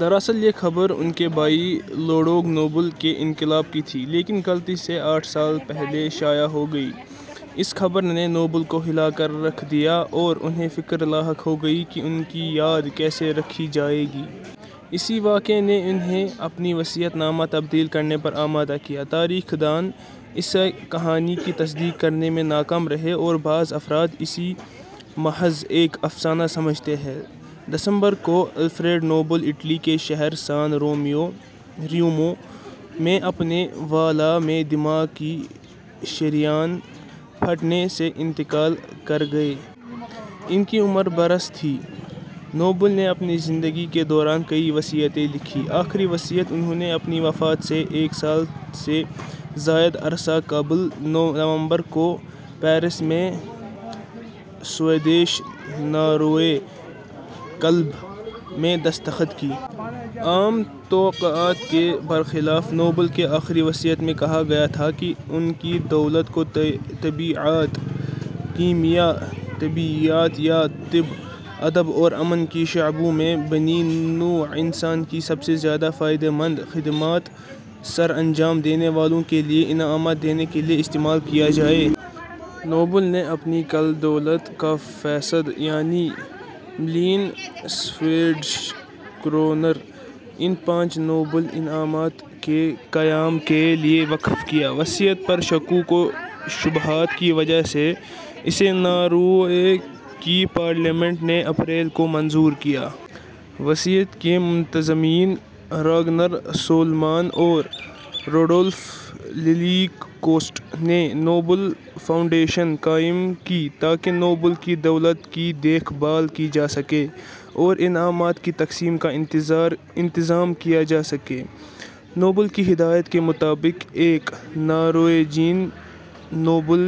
دراصل یہ خبر ان کے بھائی لوڈوگ نوبل کے انتقال کی تھی، لیکن غلطی سے آٹھ سال پہلے شائع ہو گئی۔ اس خبر نے نوبل کو ہلا کر رکھ دیا اور انھیں فکر لاحق ہو گئی کہ ان کی یاد کیسے رکھی جائے گی۔ اسی واقعے نے انھیں اپنا وصیت نامہ تبدیل کرنے پر آمادہ کیا۔ تاریخ دان اس کہانی کی تصدیق کرنے میں ناکام رہے ہیں اور بعض افراد اسے محض ایک افسانہ سمجھتے ہیں۔ دسمبر کو، الفریڈ نوبل اٹلی کے شہر سان ریمو میں اپنے ولا میں دماغ کی شریان پھٹنے سے انتقال کر گئے۔ ان کی عمر برس تھی۔ نوبل نے اپنی زندگی کے دوران کئی وصیتیں لکھیں۔ آخری وصیت انھوں نے اپنی وفات سے ایک سال سے زائد عرصہ قبل، نومبر کو پیرس کے سوئیڈش-ناروے کلب میں دستخط کی۔ عام توقعات کے برخلاف، نوبل کی آخری وصیت میں کہا گیا تھا کہ ان کی دولت کو طبیعیات ، کیمیا ، طبیعیات یا طب ، ادب اور امن کے شعبوں میں بنی نوع انسان کی "سب سے زیادہ فائدہ مند" خدمات سر انجام دینے والوں کے لیے انعامات دینے کے لیے استعمال کیا جائے۔ نوبل نے اپنی کل دولت کا فیصد، یعنی ملین سویڈش کرونر ، ان پانچ نوبل انعامات کے قیام کے لیے وقف کیا۔ وصیت پر شکوک و شبہات کی وجہ سے اسے ناروے کی پارلیمنٹ نے اپریل کو منظور کیا۔ وصیت کے منتظمین، راگنر سولمان اور روڈولف للیکوسٹ، نے نوبل فاونڈیشن قائم کی تاکہ نوبل کی دولت کی دیکھ بھال کی جا سکے اور انعامات کی تقسیم کا انتظام کیا جا سکے۔ نوبل کی ہدایت کے مطابق، ایک نارویجن نوبل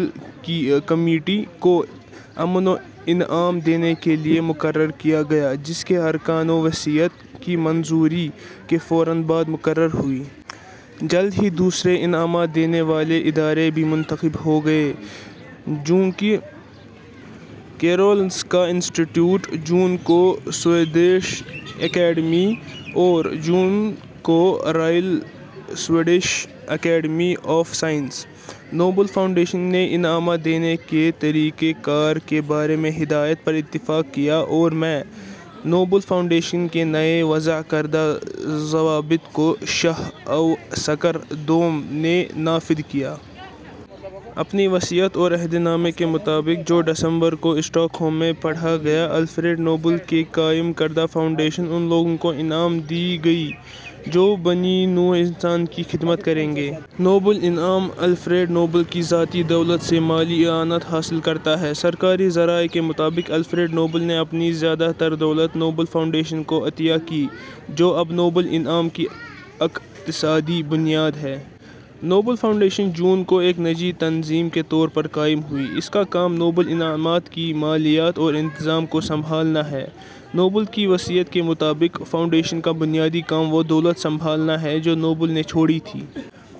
کمیٹی کو امن انعام دینے کے لیے مقرر کیا گیا، جس کے ارکان وصیت کی منظوری کے فوراً بعد مقرر ہوئے۔ جلد ہی دوسرے انعامات دینے والے ادارے بھی منتخب ہو گئے۔ جون کو کیرولنسکا انسٹیٹیوٹ ، جون کو سوئیڈش اکیڈمی اور جون کو Royal Swedish Academy of Sciences. Nobel Foundation نے انعامات دینے کے طریقہ کار کے بارے میں ہدایات پر اتفاق کیا اور میں، نوبل فاؤنڈیشن کے نئے وضع کردہ ضوابط کو شاہ اوسکر دوم نے نافذ کیا۔ اپنی وصیت اور عہد نامے کے مطابق، جو دسمبر کو اسٹاک ہوم میں پڑھا گیا، الفریڈ نوبل کی قائم کردہ فاؤنڈیشن اُن لوگوں کو انعام دے گی جو بنی نوع انسان کی خدمت کریں گے۔ نوبل انعام، الفریڈ نوبل کی ذاتی دولت سے مالی اعانت حاصل کرتا ہے۔ سرکاری ذرائع کے مطابق، الفریڈ نوبل نے اپنی زیادہ تر دولت نوبل فاؤنڈیشن کو عطیہ کی، جو اب نوبل انعام کی اقتصادی بنیاد ہے۔ ۔ نوبل فاونڈیشن جون کو ایک نجی تنظیم کے طور پر قائم ہوئی۔ اس کا کام نوبل انعامات کی مالیات اور انتظام کو سنبھالنا ہے۔ نوبل کی وصیت کے مطابق، فاؤنڈیشن کا بنیادی کام وہ دولت سنبھالنا ہے جو نوبل نے چھوڑی تھی۔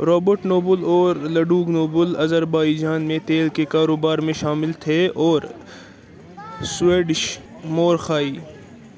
رابرٹ نوبل اور لڈوگ نوبل آذربائیجان میں تیل کے کاروبار میں شامل تھے اور سویڈش مؤرخ ای.